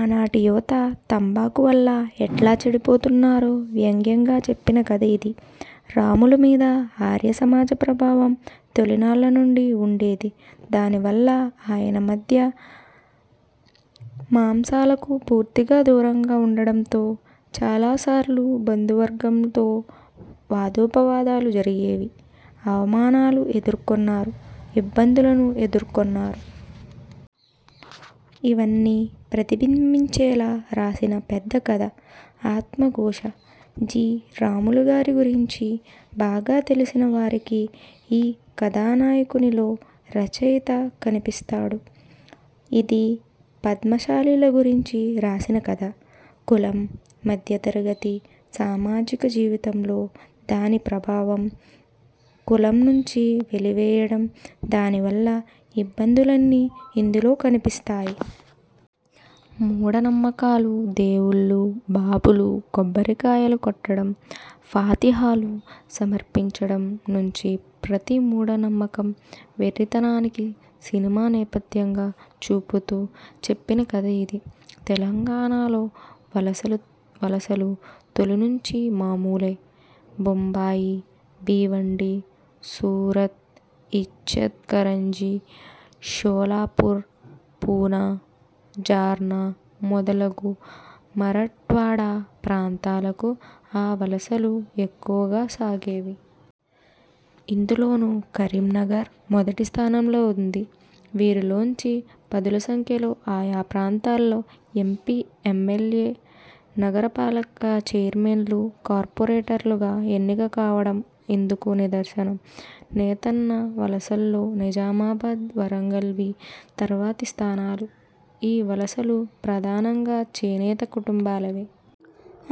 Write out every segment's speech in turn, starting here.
ఆనాటి యువత తంబాకు వల్ల ఎట్లా చెడిపోతున్నారో వ్యంగ్యంగా చెప్పిన కథ ఇది. రాములు మీద ఆర్య సమాజ ప్రభావం తొలినాళ్ళ నుండి ఉండేది. దానివల్ల ఆయన మద్య మాంసాలకు పూర్తిగా దూరంగా ఉండడంతో చాలాసార్లు బంధువర్గంతో వాదోపవాదాలు జరిగేవి. అవమానాలనూ ఎదుర్కొన్నారు. ఇబ్బందులను ఎదుర్కొన్నారు. అవన్నీ ప్రతిబింబించేలా రాసిన పెద్ద కథ 'ఆత్మఘోష'. జి. రాములుగారి గురించి బాగా తెలిసిన వారికి ఈ కథానాయకునిలో రచయిత కనిపిస్తాడు. ఇది పద్మశాలీల గురించి రాసిన కథ. కులం, మధ్యతరగతి సామాజిక జీవితంలో దాని ప్రభావం, కులం నుండి వెలివేయడం దాని వల్ల ఇబ్బందులన్నీ ఇందులో కనిపిస్తాయి. మూఢనమ్మకాలు, దేవుళ్ళు, బాబాలు, కొబ్బరికాయలు కొట్టడం, ఫాతిహాలు సమర్పించడం నుంచి ప్రతి మూఢ నమ్మకం, వెర్రితనాలని సినిమా నేపథ్యంగా చూపుతూ చెప్పిన కథ ఇది. తెలంగాణలో వలసలు తొలి నుండి మామూలే. బొంబాయి, బీవండి, సూరత, ఇచ్చల్ కరంజి, షోలాపూర్, పూనా, జాల్నా మొదలగు మరఠ్వాడా ప్రాంతాలకు ఆ వలసలు ఎక్కువగా సాగేవి. అందులోనూ కరీంనగర్ మొదటి స్థానంలో ఉంది. వీరిలోంచి పదుల సంఖ్యలో ఆయా ప్రాంతాల్లో M. P., M. L. A., నగర పాలిక చైర్మన్లు, కార్పొరేటర్లుగా ఎన్నిక కావడం అందుకు నిదర్శనం. నేతన్నల వలసల్లో నిజామాబాద్, వరంగల్లవి తర్వాతి స్థానాలు. ఈ వలసలు ప్రధానంగా చేనేత కుటుంబాలవే.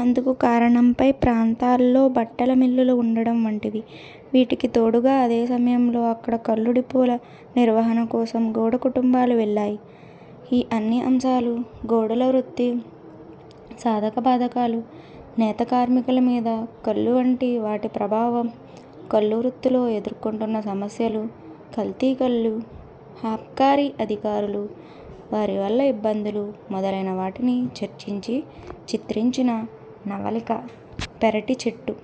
అందుకు కారణం పై ప్రాంతాల్లో బట్టల మిల్లులు ఉండడం వంటివి. వీరికి తోడుగా అదే సమయంలో అక్కడ కల్లు డిపోల నిర్వహణ కోసం గౌడ కుటుంబాలు వెళ్ళాయి. ఈ అన్ని అంశాలు, గౌడుల వృత్తి, సాధక బాధకాలు, నేత కార్మికుల మీద కల్లు వంటి వాటి ప్రభావం, కల్లు వృత్తిలో ఎదుర్కొంటున్న సమస్యలు, కల్తీకల్లు, అబ్కారీ అధికారులు, వారి వల్ల ఇబ్బందులు మొదలైన వాటిని చర్చించి చిత్రించిన నవలిక 'పెరటి చెట్టు'.